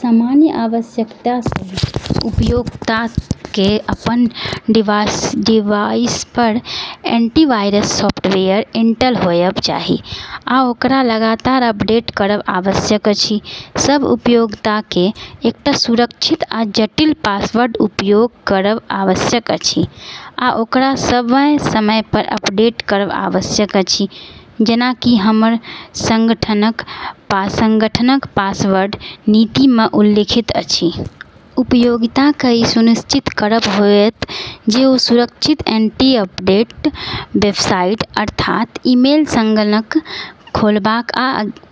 सामान्य आवश्यकता सभ उपयोक्ताकेँ अपन डिवाइसपर एन्टीवायरस सफ्टवेयर इन्स्टल होएब चाही, आ ओकरा लगातार अपडेट करब आवश्यक अछि। सभ उपयोक्ताकेँ एकटा सुरक्षित आ जटिल पासवर्डक उपयोग करब आवश्यक अछि आ ओकरा समय-समयपर अपडेट करब आवश्यक अछि जेना कि हमर सङ्गठनक पासवर्ड नीतिमे उल्लिखित अछि। उपयोक्ताकेँ ई सुनिश्चित करब होएत जे ओ सुरक्षित, एन्क्रिप्टेड वेबसाइट (अर्थात) ईमेल संलग्नक खोलबाक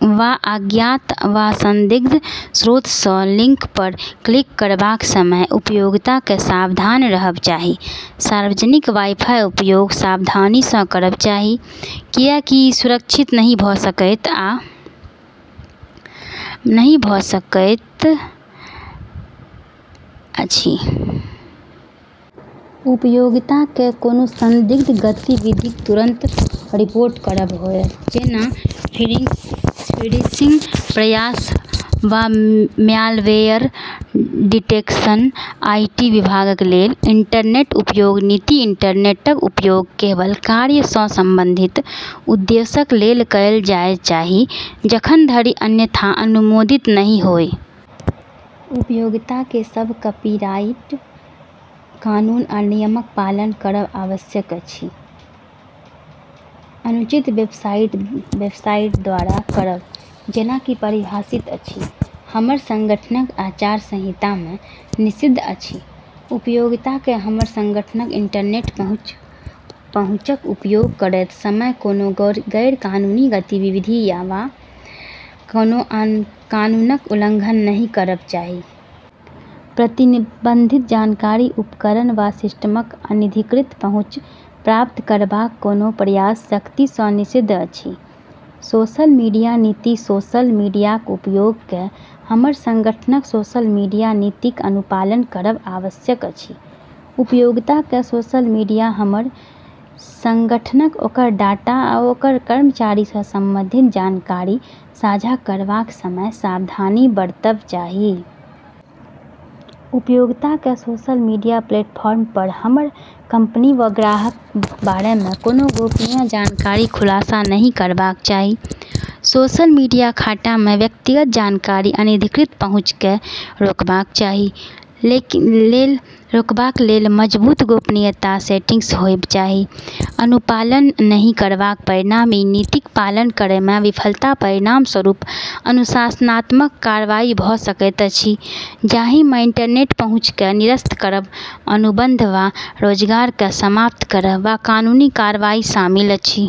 वा अज्ञात वा संदिग्ध स्रोतसँ लिङ्कपर क्लिक करबाक समय उपयोक्ताकेँ सावधान रहब चाही। सार्वजनिक वाइफाइक उपयोग सावधानीसँ करब चाही, किएकि ई सुरक्षित नहि भऽ सकैत अछि। उपयोक्ताकेँ कोनो संदिग्ध गतिविधिक तुरंत रिपोर्ट करब होएत, जेना फिशिङ्ग प्रयास वा म्यालवेयर डिटेकसन, आइटी विभागक लेल। इन्टरनेट उपयोग नीति इन्टरनेटक उपयोग केवल कार्यसँ सम्बन्धित उद्देश्यक लेल कएल जाएब चाही, जखन धरि अन्यथा अनुमोदित नहि होय। उपयोक्ताकेँ सभ कपीराइट कानून आ नियमक पालन करब आवश्यक अछि। अनुचित वेबसाइटक दौरा करब, जेना कि परिभाषित अछि, हमर सङ्गठनक आचार संहितामे, निषिद्ध अछि। उपयोक्ताकेँ हमर सङ्गठनक इन्टरनेट पहुँचक उपयोग करैत समय कोनो गैरकानूनी गतिविधि वा कोनो कानूनक उल्लङ्घन नहि करब चाही। प्रतिबन्धित जानकारी, उपकरण, वा सिस्टमक अनधिकृत पहुँच प्राप्त करबाक कोनो प्रयास सख्तीसँ निषिद्ध अछि। सोसल मिडिया नीति सोसल मिडियाक उपयोगकेँ हमर सङ्गठनक सोसल मिडिया नीतिक अनुपालन करब आवश्यक अछि। उपयोक्ताकेँ सोसल मिडियापर हमर सङ्गठन, ओकर डाटा, आ ओकर कर्मचारीसँ सम्बन्धित जानकारी साझा करबाक समय सावधानी बरतब चाही। उपयोक्ताकेँ सोसल मिडिया प्लेटफर्मपर हमर कम्पनी वा ग्राहकक बारेमे कोनो गोपनीय जानकारीक खुलासा नहि करब चाही। सोसल मिडिया खाटामे व्यक्तिगत जानकारीक अनधिकृत पहुँचकेँ रोकबाक लेल मजबुत गोपनीयता सेटिङ्ग्स होएब चाही। अनुपालन नहि करबाक परिणाम ई नीतिक पालन करैमे विफलताक परिणामस्वरूप अनुशासनात्मक कार्रवाई भऽ सकैत अछि, जाहिमे इन्टरनेट पहुँचकेँ निरस्त करब, अनुबन्ध वा रोजगारकेँ समाप्त करब, वा कानूनी कार्रवाई शामिल अछि।